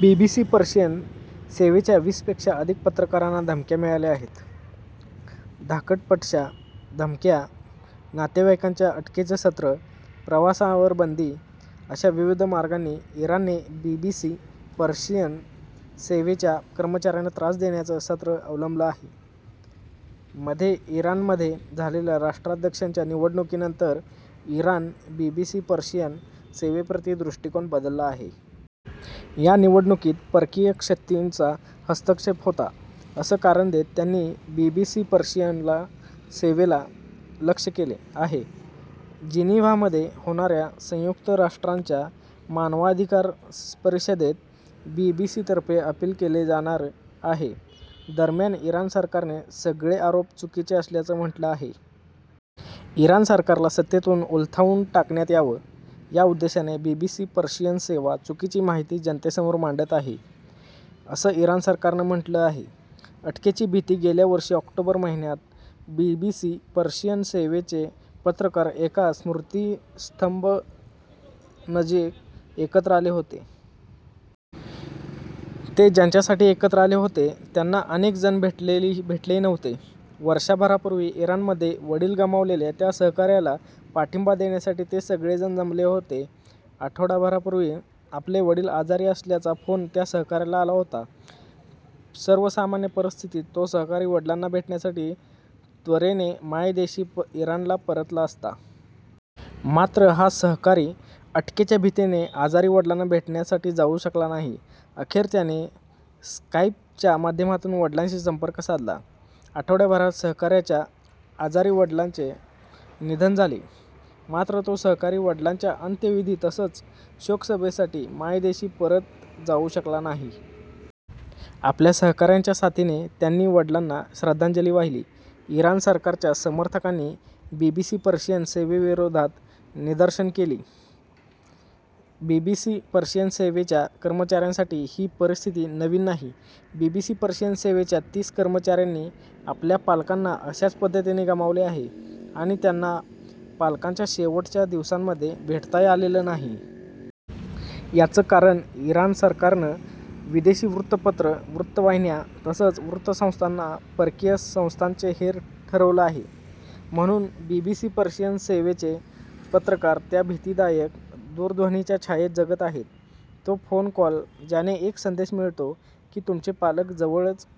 BBC Persian सेवेच्या वीसपेक्षा अधिक पत्रकारांना धमक्या मिळाल्या आहेत. धाकदपटशा, धमक्या, नातेवाईकांच्या अटकेचं सत्र, प्रवासावर बंदी, अशा विविध मार्गांनी इराणने बीबीसी पर्शियन सेवेच्या कर्मचाऱ्यांना त्रास देण्याचं सत्र अवलंबलं आहे. मध्ये इराणध्ये झालेल्या राष्ट्राध्यक्षांच्या निवडणुकीनंतर इराणचा बीबीसी पर्शियन सेवेप्रती दृष्टिकोन बदलला आहे. या निवडणुकीत परकीय शक्तींचा हस्तक्षेप होता असं कारण देत त्यांनी बीबीसी पर्शियन सेवेला लक्ष्य केलं आहे. जिनिव्हामध्ये होणाऱ्या संयुक्त राष्ट्रांच्या मानवाधिकार परिषदेत बीबीसीतर्फे अपील केले जाणार आहे. दरम्यान इराण सरकारने सगळे आरोप चुकीचं असल्याचं म्हटलं आहे. इराण सरकारला सत्तेतून उलथावून टाकण्यात यावं, याउद्देशाने बीबीसी पर्शियन सेवा चुकीची माहिती जनतेसमोर मांडत आहे, असं इराण सरकारनं म्हटलं आहे. अटकेची भीती गेल्या वर्षी ऑक्टोबर महिन्यात बीबीसी पर्शियन सेवेचे पत्रकार एका स्मृतिस्तंभानजीक एकत्र आले होते. ते ज्यांच्यासाठी एकत्र आले होते त्यांना अनेक जण भेटलेही नव्हते. वर्षभरापूर्वी इराणमध्ये वडील गमावलेल्या त्या सहकाऱ्याला पाठिंबा देण्यासाठी ते सगळेजण जमले होते. आठवडाभरापूर्वी आपले वडील आजारी असल्याचा फोन त्या सहकाऱ्याला आला होता. सर्वसामान्य परिस्थितीत तो सहकारी वडिलांना भेटण्यासाठी त्वरेने मायदेशी इराणला परतला असता. मात्र हा सहकारी अटकेच्या भीतीने आजारी वडिलांना भेटण्यासाठी जाऊ शकला नाही. अखेर त्याने स्काइपच्या माध्यमातून वडिलांशी संपर्क साधला. आठवडाभरात सहकाऱ्याच्या आजारी वडिलांचे निधन झाले. मात्र तो सहकारी वडिलांच्या अंत्यविधी तसंच शोकसभेसाठी मायदेशी परत जाऊ शकला नाही. आपल्या सहकाऱ्यांच्या साथीने त्यांनी वडिलांना श्रद्धांजली वाहिली. इराण सरकारच्या समर्थकांनी बीबीसी पर्शियन सेवेविरोधात निदर्शनं केली. बीबीसी पर्शियन सेवेच्या कर्मचाऱ्यांसाठी ही परिस्थिती नवीन नाही. बीबीसी पर्शियन सेवेच्या तीस कर्मचाऱ्यांनी आपल्या पालकांना अशाच पद्धतीने गमावलं आहे आणि त्यांना पालकांच्या शेवटच्या दिवसांमध्ये भेटताही आलेलं नाही. याचं कारण इराण सरकारनं विदेशी वृत्तपत्रं, वृत्तवाहिन्या तसंच वृत्तसंस्थांना परकीय संस्थांचे हेर ठरवलं आहे. म्हणून बीबीसी पर्शियन सेवेचे पत्रकार त्या भीतीदायक दूरध्वनीच्या छायेत जगत आहेत, तो फोन कॉल ज्याने एक संदेश मिळतो की तुमचे पालक, जवळचं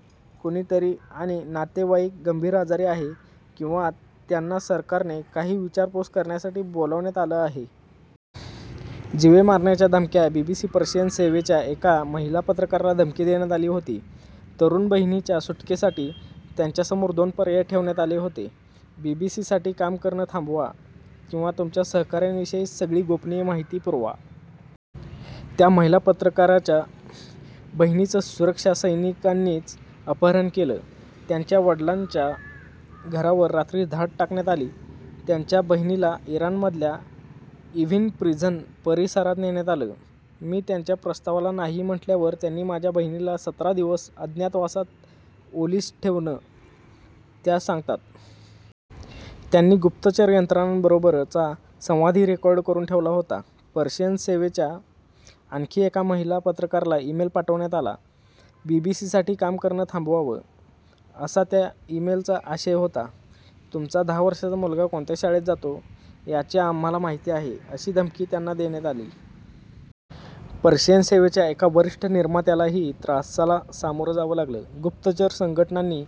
कुणीतरी किंवा नातेवाईक गंभीर आजारी आहे किंवा त्यांना सरकारने काही विचारपूस करण्यासाठी बोलवण्यात आलं आहे. जीवे मारण्याच्या धमक्या बीबीसी पर्शियन सेवेच्या एका महिला पत्रकाराला धमकी देण्यात आली होती. तरुण बहिणीच्या सुटकेसाठी त्यांच्यासमोर दोन पर्याय ठेवण्यात आले होते बीबीसीसाठी काम करणं थांबवा किंवा तुमच्या सहकाऱ्यांविषयी सगळी गोपनीय माहिती पुरवा. त्या महिला पत्रकाराच्या बहिणीचं सुरक्षा सैनिकांनीच अपहरण केलं. त्यांच्या वडिलांच्या घरावर रात्री धाड टाकण्यात आली. त्यांच्या बहिणीला इराणमधल्या इव्हिन प्रिझन परिसरात नेण्यात आलं. "मी त्यांच्या प्रस्तावाला नाही म्हटल्यावर त्यांनी माझ्या बहिणीला सतरा दिवस अज्ञातवासात ओलीस ठेवलं त्या सांगतात. त्यांनी गुप्तचर यंत्रणांबरोबरचा संवादही रेकॉर्ड करून ठेवला होता. पर्शियन सेवेच्या आणखी एका महिला पत्रकाराला इमेल पाठवण्यात आला. बीबीसीसाठी काम करणं थांबवावं, असा त्या इमेलचा आशय होता. तुमचा दहा वर्षांचा मुलगा कोणत्या शाळेत जातो याची आम्हाला माहिती आहे अशी धमकी त्यांना देण्यात आली. पर्शियन सेवेच्या एका वरिष्ठ निर्मात्यालाही त्रासाला सामोरं जावं लागलं. गुप्तचर संघटनांनी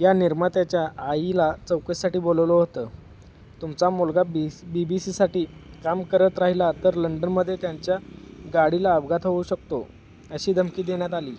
या निर्मात्याच्या आईला चौकशीसाठी बोलावलं होतं. तुमचा मुलगा बीबीसीसाठी काम करत राहिला तर लंडनमध्ये त्यांच्या गाडीला अपघात होऊ शकतो अशी धमकी देण्यात आली.